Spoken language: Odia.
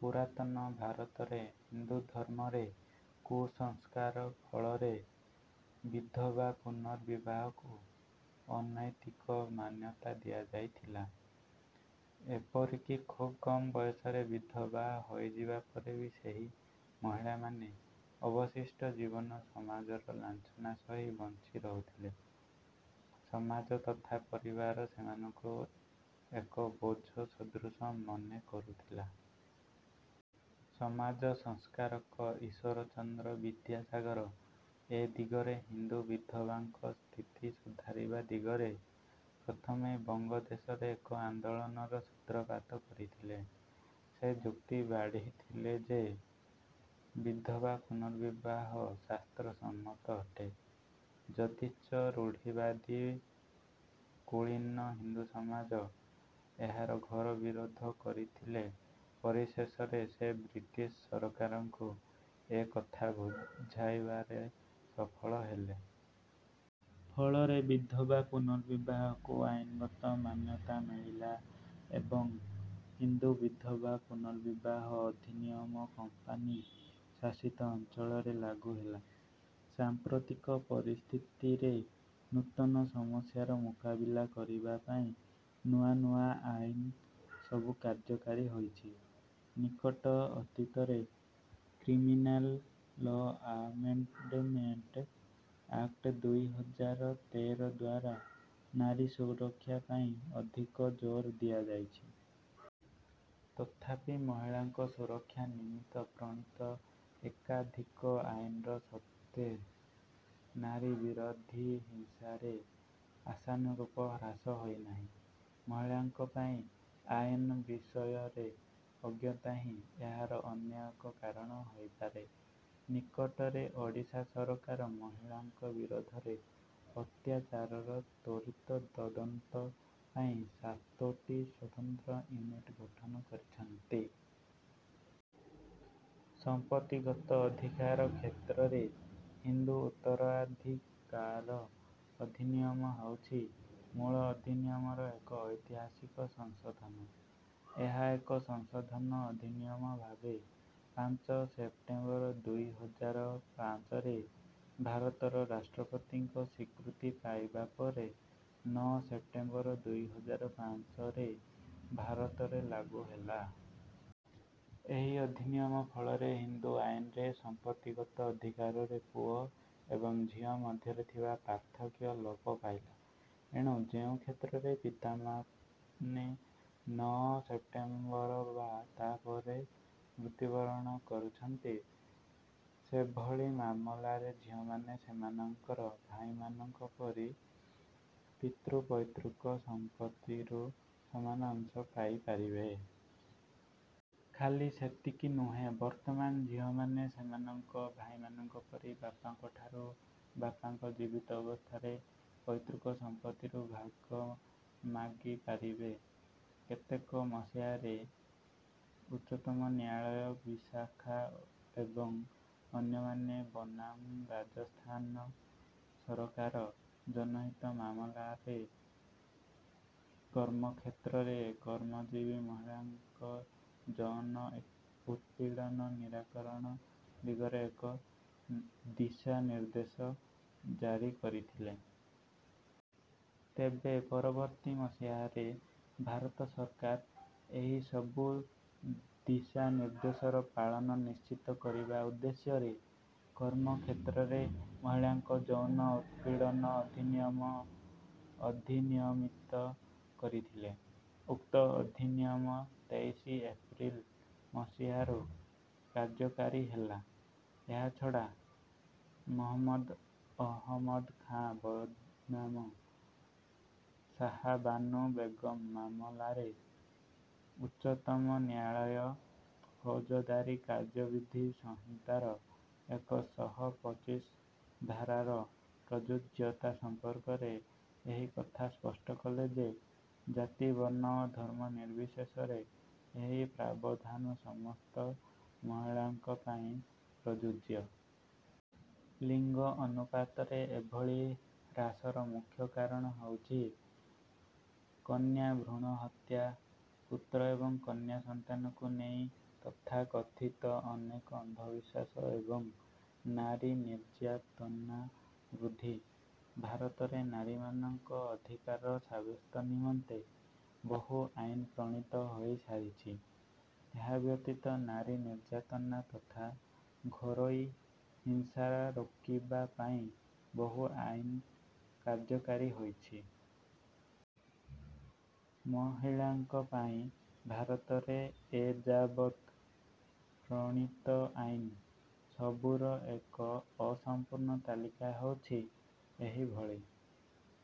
ପୁରାତନ ଭାରତରେ ହିନ୍ଦୁ ଧର୍ମରେ କୁସଂସ୍କାର ଫଳରେ ବିଧବା ପୁନର୍ବିବାହକୁ ଅନୈତିକ ମାନ୍ୟତା ଦିଆଯାଇଥିଲା। ଏପରିକି ଖୁବ କମ ବୟସରେ ବିଧବା ହୋଇଯିବା ପରେ ବି ସେହି ମହିଳାମାନେ ଅବଶିଷ୍ଟ ଜୀବନ ସମାଜର ଲାଞ୍ଛନା ସହି ବଞ୍ଚି ରହୁଥିଲେ। ସମାଜ ତଥା ପରିବାର ସେମାନଙ୍କୁ ଏକ ବୋଝ ସଦୃଶ ମନେ କରୁଥିଲେ। ସମାଜ ସଂସ୍କାରକ ଈଶ୍ୱରଚନ୍ଦ୍ର ବିଦ୍ୟାସାଗର ଏ ଦିଗରେ ହିନ୍ଦୁ ବିଧବାଙ୍କ ସ୍ଥିତି ସୁଧାରିବା ଦିଗରେ ପ୍ରଥମେ ବଙ୍ଗ ଦେଶରେ ଏକ ଆନ୍ଦୋଳନର ସୂତ୍ରପାତ କରିଥିଲେ। ସେ ଯୁକ୍ତି ବାଢ଼ିଥିଲେ ଯେ ବିଧବା ପୁନର୍ବିବାହ ଶାସ୍ତ୍ରସମ୍ମତ ଅଟେ। ଯଦିଚ ରୂଢ଼ିବାଦୀ କୁଳୀନ ହିନ୍ଦୁ ସମାଜ ଏହାର ଘୋର ବିରୋଧ କରିଥିଲେ ପରିଶେଷରେ ସେ ବ୍ରିଟିଶ ସରକାରଙ୍କୁ ଏ କଥା ବୁଝାଇବାରେ ସଫଳ ହେଲେ। ଫଳରେ ବିଧବା ପୁନର୍ବିବାହକୁ ଆଇନଗତ ମାନ୍ୟତା ମିଳିଲା ଏବଂ ହିନ୍ଦୁ ବିଧବା ପୁନର୍ବିବାହ ଅଧିନିୟମ କମ୍ପାନୀ ଶାସିତ ଅଞ୍ଚଳରେ ଲାଗୁ ହେଲା। ସାମ୍ପ୍ରତିକ ପରିସ୍ଥିତିରେ ନୂତନ ସମସ୍ୟାର ମୁକାବିଲା କରିବା ପାଇଁ ନୂଆ ନୂଆ ଆଇନ ସବୁ କାର୍ଯ୍ୟକାରୀ ହୋଇଛି। ନିକଟ ଅତୀତରେ କ୍ରିମିନାଲ ଲ ଆମେଣ୍ଡମେଣ୍ଟ ଆକ୍ଟ ଦୁଇ ହଜାର ତେର ଦ୍ୱାରା ନାରୀ ସୁରକ୍ଷା ପାଇଁ ଅଧିକ ଜୋର ଦିଆଯାଇଛି। ତଥାପି ମହିଳାଙ୍କ ସୁରକ୍ଷା ନିମିତ୍ତ ପ୍ରଣୀତ ଏକାଧିକ ଆଇନର ସତ୍ତ୍ୱେ ନାରୀ ବିରୋଧୀ ହିଂସାରେ ଆଶାନୁରୂପ ହ୍ରାସ ହୋଇନାହିଁ। ମହିଳାଙ୍କ ପାଇଁ ଆଇନ ବିଷୟରେ ଅଜ୍ଞତା ହିଁ ଏହାର ଅନ୍ୟ ଏକ କାରଣ ହୋଇପାରେ। ନିକଟରେ ଓଡ଼ିଶା ସରକାର ମହିଳାଙ୍କ ବିରୋଧରେ ଅତ୍ୟାଚାରର ତ୍ୱରିତ ତଦନ୍ତ ପାଇଁ ସାତୋଟି ସ୍ୱତନ୍ତ୍ର ୟୁନିଟ ଗଠନ କରିଛନ୍ତି। ସମ୍ପତ୍ତିଗତ ଅଧିକାର କ୍ଷେତ୍ରରେ ହିନ୍ଦୁ ଉତ୍ତରାଧିକାର ଅଧିନିୟମ ହେଉଛି ମୂଳ ଅଧିନିୟମର ଏକ ଐତିହାସିକ ସଂଶୋଧନ। ଏହା ଏକ ସଂଶୋଧନ ଅଧିନିୟମ ଭାବେ ପାଞ୍ଚ ସେପ୍ଟେମ୍ବର ଦୁଇ ହଜାର ପାଞ୍ଚରେ ଭାରତର ରାଷ୍ଟ୍ରପତିଙ୍କ ସ୍ୱୀକୃତି ପାଇବା ପରେ ନଅ ସେପ୍ଟେମ୍ବର ଦୁଇ ହଜାର ପାଞ୍ଚରେ ଭାରତରେ ଲାଗୁ ହେଲା। ଏହି ଅଧିନିୟମ ଫଳରେ ହିନ୍ଦୁ ଆଇନରେ ସମ୍ପତ୍ତିଗତ ଅଧିକାରରେ ପୁଅ ଏବଂ ଝିଅ ମଧ୍ୟରେ ଥିବା ପାର୍ଥକ୍ୟ ଲୋପ ପାଇଲା। ଏଣୁ ଯେଉଁ କ୍ଷେତ୍ରରେ ପିତାମାନେ ନଅ ସେପ୍ଟେମ୍ବର ବା ତା ପରେ ମୃତ୍ୟୁବରଣ କରୁଛନ୍ତି ସେଭଳି ମାମଲାରେ ଝିଅମାନେ ସେମାନଙ୍କର ଭାଇମାନଙ୍କ ପରି ପିତୃପୈତୃକ ସମ୍ପତ୍ତିରୁ ସମାନ ଅଂଶ ପାଇପାରିବେ। ଖାଲି ସେତିକି ନୁହେଁ ବର୍ତ୍ତମାନ ଝିଅମାନେ ସେମାନଙ୍କ ଭାଇମାନଙ୍କ ପରି ବାପାଙ୍କ ଠାରୁ ବାପାଙ୍କ ଜୀବିତ ଅବସ୍ଥାରେ ପିତୃପୈତୃକ ସମ୍ପତ୍ତିରୁ ଭାଗ ମାଗି ପାରିବେ। କେତେକ ମସିହାରେ ଉଚ୍ଚତମ ନ୍ୟାୟାଳୟ ବିଶାଖା ଏବଂ ଅନ୍ୟମାନେ ବନାମ ରାଜସ୍ଥାନ ସରକାର ଜନହିତ ମାମଲାରେ କର୍ମକ୍ଷେତ୍ରରେ କର୍ମଜୀବୀ ମହିଳାଙ୍କ ଯୌନ ଉତ୍ପୀଡ଼ନ ନିରାକରଣ ଦିଗରେ ଏକ ଦିଶାନିର୍ଦ୍ଦେଶ ଜାରି କରିଥିଲେ। ତେବେ ପରବର୍ତ୍ତୀ ମସିହାରେ ଭାରତ ସରକାର ଏହି ସବୁ ଦିଶାନିର୍ଦ୍ଦେଶର ପାଳନ ନିଶ୍ଚିତ କରିବା ଉଦ୍ଦେଶ୍ୟରେ କର୍ମକ୍ଷେତ୍ରରେ ମହିଳାଙ୍କ ଯୌନ ଉତ୍ପୀଡ଼ନ ଅଧିନିୟମ ଅଧିନିୟମିତ କରିଥିଲେ। ଉକ୍ତ ଅଧିନିୟମ ତେଇଶି ଏପ୍ରିଲ ମସିହାରୁ କାର୍ଯ୍ୟକାରୀ ହେଲା। ଏହାଛଡ଼ା ମହମ୍ମଦ ଅହମଦ ଖାଁ ବନାମ ଶାହା ବାନୁ ବେଗମ ମାମଲାରେ ଉଚ୍ଚତମ ନ୍ୟାୟାଳୟ ଫୌଜଦାରୀ କାର୍ଯ୍ୟବିଧି ସଂହିତାର ଏକ ଶହ ପଚିଶ ଧାରାର ପ୍ରଯୁଜ୍ୟତା ସମ୍ପର୍କରେ ଏହି କଥା ସ୍ପଷ୍ଟ କଲେ ଯେ ଜାତି ବର୍ଣ୍ଣ ଓ ଧର୍ମ ନିର୍ବିଶେଷରେ ଏହି ପ୍ରାବଧାନ ସମସ୍ତ ମହିଳାଙ୍କ ପାଇଁ ପ୍ରଯୁଜ୍ୟ। ଲିଙ୍ଗ ଅନୁପାତରେ ଏଭଳି ହ୍ରାସର ମୁଖ୍ୟ କାରଣ ହେଉଛି କନ୍ୟା ଭ୍ରୂଣହତ୍ୟା ପୁତ୍ର ଏବଂ କନ୍ୟା ସନ୍ତାନକୁ ନେଇ ତଥାକଥିତ ଅନେକ ଅନ୍ଧବିଶ୍ୱାସ ଏବଂ ନାରୀ ନିର୍ଯ୍ୟାତନା ବୃଦ୍ଧି। ଭାରତରେ ନାରୀମାନଙ୍କର ଅଧିକାର ସାବ୍ୟସ୍ତ ନିମନ୍ତେ ବହୁ ଆଇନ ପ୍ରଣୀତ ହୋଇସାରିଛି। ଏହାବ୍ୟତୀତ ନାରୀ ନିର୍ଯ୍ୟାତନା ତଥା ଘରୋଇ ହିଂସା ରୋକିବା ପାଇଁ ବହୁ ଆଇନ କାର୍ଯ୍ୟକାରୀ ହୋଇଛି। ମହିଳାଙ୍କ ପାଇଁ ଭାରତରେ ଏ ଯାବତ ପ୍ରଣୀତ ଆଇନ ସବୁର ଏକ ଅସମ୍ପୂର୍ଣ୍ଣ ତାଲିକା ହେଉଛି ଏହିଭଳି।